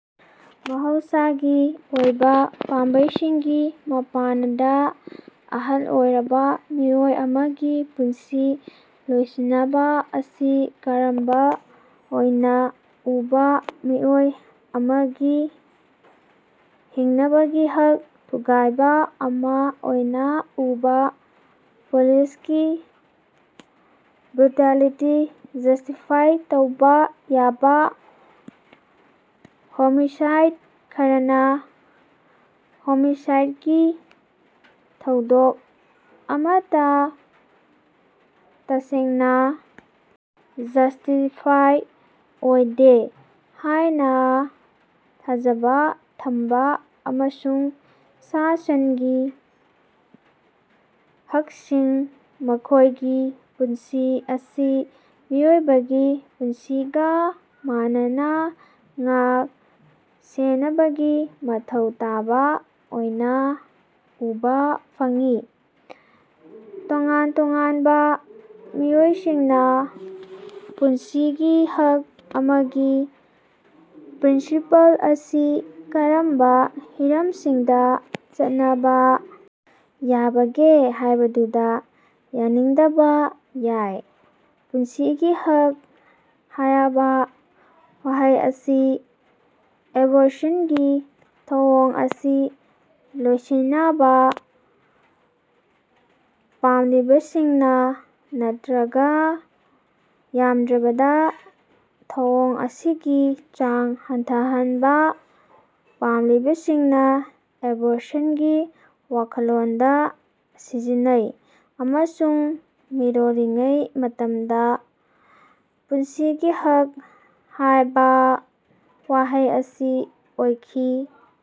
ꯃꯍꯧꯁꯥꯒꯤ ꯑꯣꯏꯕꯥ ꯄꯥꯝꯕꯩꯁꯤꯡꯒꯤ ꯃꯄꯥꯟꯗꯥ ꯑꯍꯜ ꯑꯣꯏꯔꯕꯥ ꯃꯤꯑꯣꯏ ꯑꯃꯒꯤ ꯄꯨꯟꯁꯤ ꯂꯣꯏꯁꯤꯟꯅꯕꯥ ꯑꯁꯤ ꯀꯔꯝꯕ ꯑꯣꯏꯅꯥ ꯎꯕꯥ ꯃꯤꯑꯣꯏ ꯑꯃꯒꯤ ꯍꯤꯡꯅꯕꯒꯤ ꯍꯛ ꯊꯨꯒꯥꯏꯕꯥ ꯑꯃꯥ ꯑꯣꯏꯅꯥ ꯎꯕꯥ ꯄꯨꯂꯤꯁꯀꯤ ꯕ꯭ꯔꯨꯇꯦꯂꯤꯇꯤ ꯖꯁ꯭ꯇꯤꯐꯥꯏ ꯇꯧꯕꯥ ꯌꯥꯕꯥ ꯍꯣꯃꯤꯁꯥꯏꯗ ꯈꯔꯅꯥ ꯍꯣꯃꯤꯁꯥꯏꯗꯀꯤ ꯊꯧꯗꯣꯛ ꯑꯃꯠꯇꯥ ꯇꯁꯦꯡꯅꯥ ꯖꯁ꯭ꯇꯤꯐꯥꯏꯗ ꯑꯣꯏꯗꯦ ꯍꯥꯏꯅꯥ ꯊꯥꯖꯕꯥ ꯊꯝꯕꯥ ꯑꯃꯁꯨꯡ ꯁꯥ ꯁꯟꯒꯤ ꯍꯛꯁꯤꯡ ꯃꯈꯣꯏꯒꯤ ꯄꯨꯟꯁꯤ ꯑꯁꯤ ꯃꯤꯑꯣꯏꯕꯒꯤ ꯄꯨꯟꯁꯤꯒꯥ ꯃꯥꯟꯅꯅꯥ ꯉꯥꯛ ꯁꯦꯅꯕꯒꯤ ꯃꯊꯧ ꯇꯥꯕꯥ ꯑꯣꯏꯅꯥ ꯎꯕꯥ ꯐꯪꯏ꯫ ꯇꯣꯉꯥꯟ ꯇꯣꯉꯥꯟꯕꯥ ꯃꯤꯑꯣꯏꯁꯤꯡꯅꯥ ꯄꯨꯟꯁꯤꯒꯤ ꯍꯛ ꯑꯃꯒꯤ ꯄ꯭ꯔꯤꯟꯁꯤꯄꯜ ꯑꯁꯤ ꯀꯔꯝꯕꯥ ꯍꯤꯔꯝꯁꯤꯡꯗꯥ ꯆꯠꯅꯕꯥ ꯌꯥꯕꯒꯦ ꯍꯥꯏꯕꯗꯨꯗꯥ ꯌꯥꯅꯤꯡꯗꯕꯥ ꯌꯥꯏ꯫ ꯄꯨꯟꯁꯤꯒꯤ ꯍꯛ ꯍꯥꯌꯕꯥ ꯋꯥꯍꯩ ꯑꯁꯤ ꯑꯦꯕꯣꯔꯁꯟꯒꯤ ꯊꯧꯑꯣꯡ ꯑꯁꯤ ꯂꯣꯏꯁꯤꯅꯕꯥ ꯄꯥꯝꯂꯤꯕꯁꯤꯡꯅꯥ ꯅꯠꯇ꯭ꯔꯒꯥ ꯌꯥꯝꯗ꯭ꯔꯕꯗꯥ ꯊꯧꯑꯣꯡ ꯑꯁꯤꯒꯤ ꯆꯥꯡ ꯍꯟꯊꯍꯟꯕꯥ ꯄꯥꯝꯂꯤꯕꯁꯤꯡꯅꯥ ꯑꯦꯕꯣꯔꯁꯟꯒꯤ ꯋꯥꯈꯜꯂꯣꯟꯗꯥ ꯁꯤꯖꯤꯟꯅꯩ ꯑꯃꯁꯨꯡ ꯃꯤꯔꯣꯜꯂꯤꯉꯩ ꯃꯇꯝꯗꯥ ꯄꯨꯟꯁꯤꯒꯤ ꯍꯛ ꯍꯥꯏꯕꯥ ꯋꯥꯍꯩ ꯑꯁꯤ ꯑꯣꯏꯈꯤ꯫